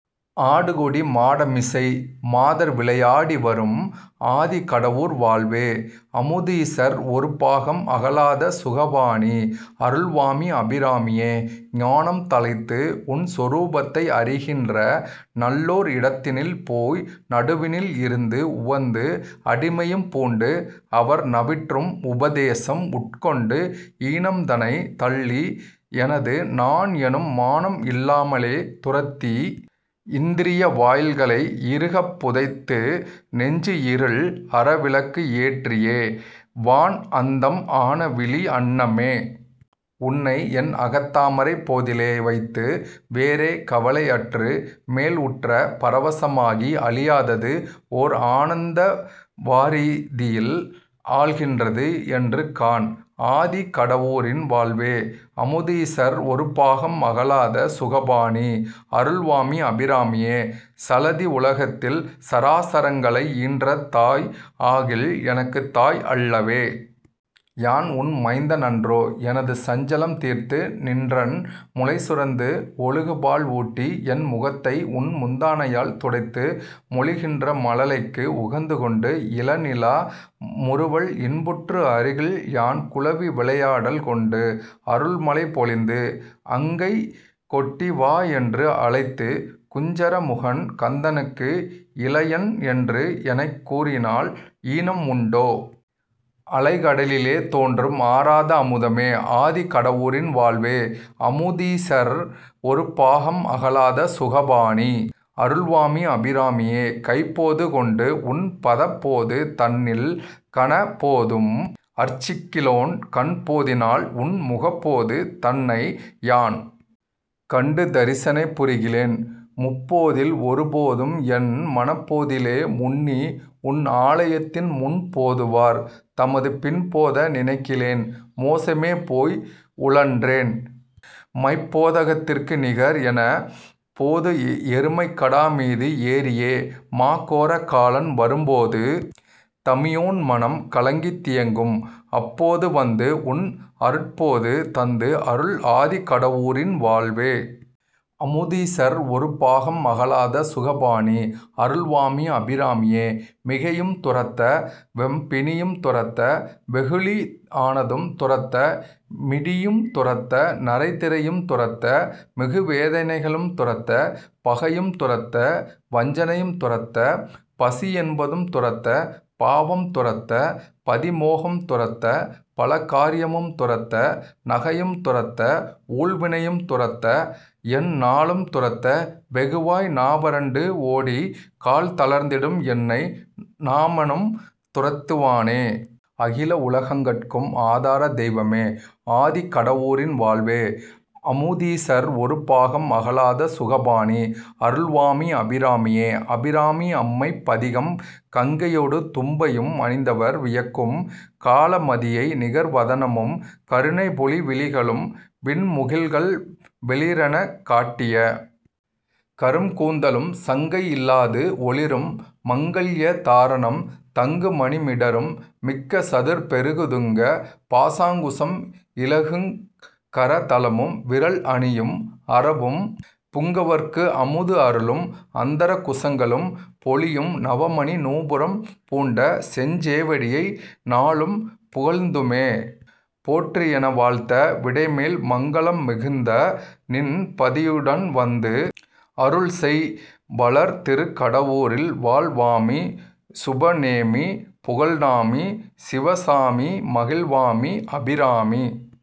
ஆடு கொடி மாடமிசை மாதர் விளையாடி வரும் ஆதி கடவூரின் வாழ்வே! அமுதீசர் ஒரு பாகம் அகலாத சுகபாணி! அருள் வாமி! அபிராமியே! ஞானம் தழைத்து, உன் சொரூபத்தை அறிகின்ற நல்லோர் இடத்தினில் போய் நடுவினில் இருந்து உவந்து அடிமையும் பூண்டு அவர் நவிற்றும் உபதேசம் உட்கொண்டு ஈனம்தனைத் தள்ளி எனது நான் எனும் மானம் இல்லாமலே துரத்தி இந்திரிய வாயில்களை இறுகப் புதைத்து நெஞ்சு இருள் அற விளக்கு ஏற்றியே வான் அந்தம் ஆன விழி அன்னமே! உன்னை என் அகத் தாமரைப் போதிலே வைத்து வேறே கவலை அற்று மேல் உற்ற பர வசம் ஆகி அழியாதது ஓர் ஆனந்த வாரிதியில் ஆழ்கின்றது என்று காண்? ஆதி கடவூரின் வாழ்வே? அமுதீசர் ஒரு பாகம் அகலாத சுகபாணி! அருள் வாமி! அபிராமியே! சலதி உலகத்தில் சராசரங்களை ஈன்ற தாய் ஆகில் எனக்குத் தாய் அல்லவோ? யான் உன் மைந்தன் அன்றோ? எனது சஞ்சலம் தீர்த்து நின்றன் முலை சுரந்து ஒழுகு பால் ஊட்டி என் முகத்தை உன் முந்தானையால் துடைத்து மொழிகின்ற மழலைக்கு உகந்துகொண்டு இள நிலா முறுவல் இன்புற்று அருகில் யான் குலவி விளையாடல் கொண்டு அருள் மழை பொழிந்து அங்கை கொட்டி வா என்று அழைத்துக் குஞ்சர முகன் கந்தனுக்கு இளையன் என்று எனைக் கூறினால் ஈனம் உண்டோ? அலை கடலிலே தோன்றும் ஆராத அமுதமே! ஆதி கடவூரின் வாழ்வே! அமுதீசர் ஒரு பாகம் அகலாத சுகபாணி! அருள் வாமி! அபிராமியே! கைப் போது கொண்டு உன் பதப் போது தன்னில் கணப் போதும் அர்ச்சிக்கிலேன் கண் போதினால் உன் முகப் போது தன்னை யான் கண்டு தரிசனை புரிகிலேன் முப் போதில் ஒரு போதும் என் மனப் போதிலே முன்னி உன் ஆலயத்தின் முன் போதுவார் தமது பின் போத நினைகிலேன் மோசமே போய் உழன்றேன் மைப் போதகத்திற்கு நிகர் எனப் போது எருமைக் கடா மீது ஏறியே மா கோர காலன் வரும்போது, தமியேன் மனம் கலங்கித் தியங்கும் அப் போது வந்து உன் அருட்போது தந்து அருள் ஆதி கடவூரின் வாழ்வே! அமுதீசர் ஒரு பாகம் அகலாத சுகபாணி! அருள் வாமி! அபிராமியே! மிகையும் துரத்த வெம் பிணியும் துரத்த வெகுளி ஆனதும் துரத்த மிடியும் துரத்த நரை திரையும் துரத்த மிகு வேதனைகளும் துரத்தப் பகையும் துரத்த வஞ்சனையும் துரத்தப் பசி என்பதும் துரத்தப் பாவம் துரத்தப் பதி மோகம் துரத்தப் பல காரியமும் துரத்த நகையும் துரத்த ஊழ் வினையும் துரத்த என் நாளும் துரத்த வெகுவாய் நா வறண்டு ஓடிக் கால் தளர்ந்திடும் என்னை நமனும் துரத்துவானோ? அகில உலகங்கட்கும் ஆதார தெய்வமே! ஆதி கடவூரின் வாழ்வே! அமுதீசர் ஒரு பாகம் அகலாத சுகபாணி! அருள் வாமி! அபிராமியே! அபிராமி அம்மைப் பதிகம் கங்கையொடு தும்பையும் அணிந்தவர் வியக்கும் கலா மதியை நிகர் வதனமும், கருணை பொழி விழிகளும், விண் முகில்கள் வெளிறெனக் காட்டிய கரும் கூந்தலும், சங்கை இல்லாது ஒளிரும் மாங்கல்ய தாரணம் தங்கு மணி மிடறும், மிக்க சதுர் பெருகு துங்க பாசாங்குசம் இலங்கு கர தலமும், விரல் அணியும் அரவும், புங்கவர்க்கு அமுது அருளும் அந்தர குசங்களும், பொலியும் நவமணி நூபுரம் பூண்ட செஞ் சேவடியை நாளும் புகழ்ந்துமே- போற்றி என வாழ்த்த, விடை மேல் மங்களம் மிகுந்த நின் பதியுடன் வந்து, அருள் செய்; வளர் திருக் கடவூரில் வாழ் வாமி! சுப நேமி! புகழ் நாமி! சிவ சாமிமகிழ் வாமி! அபிராமி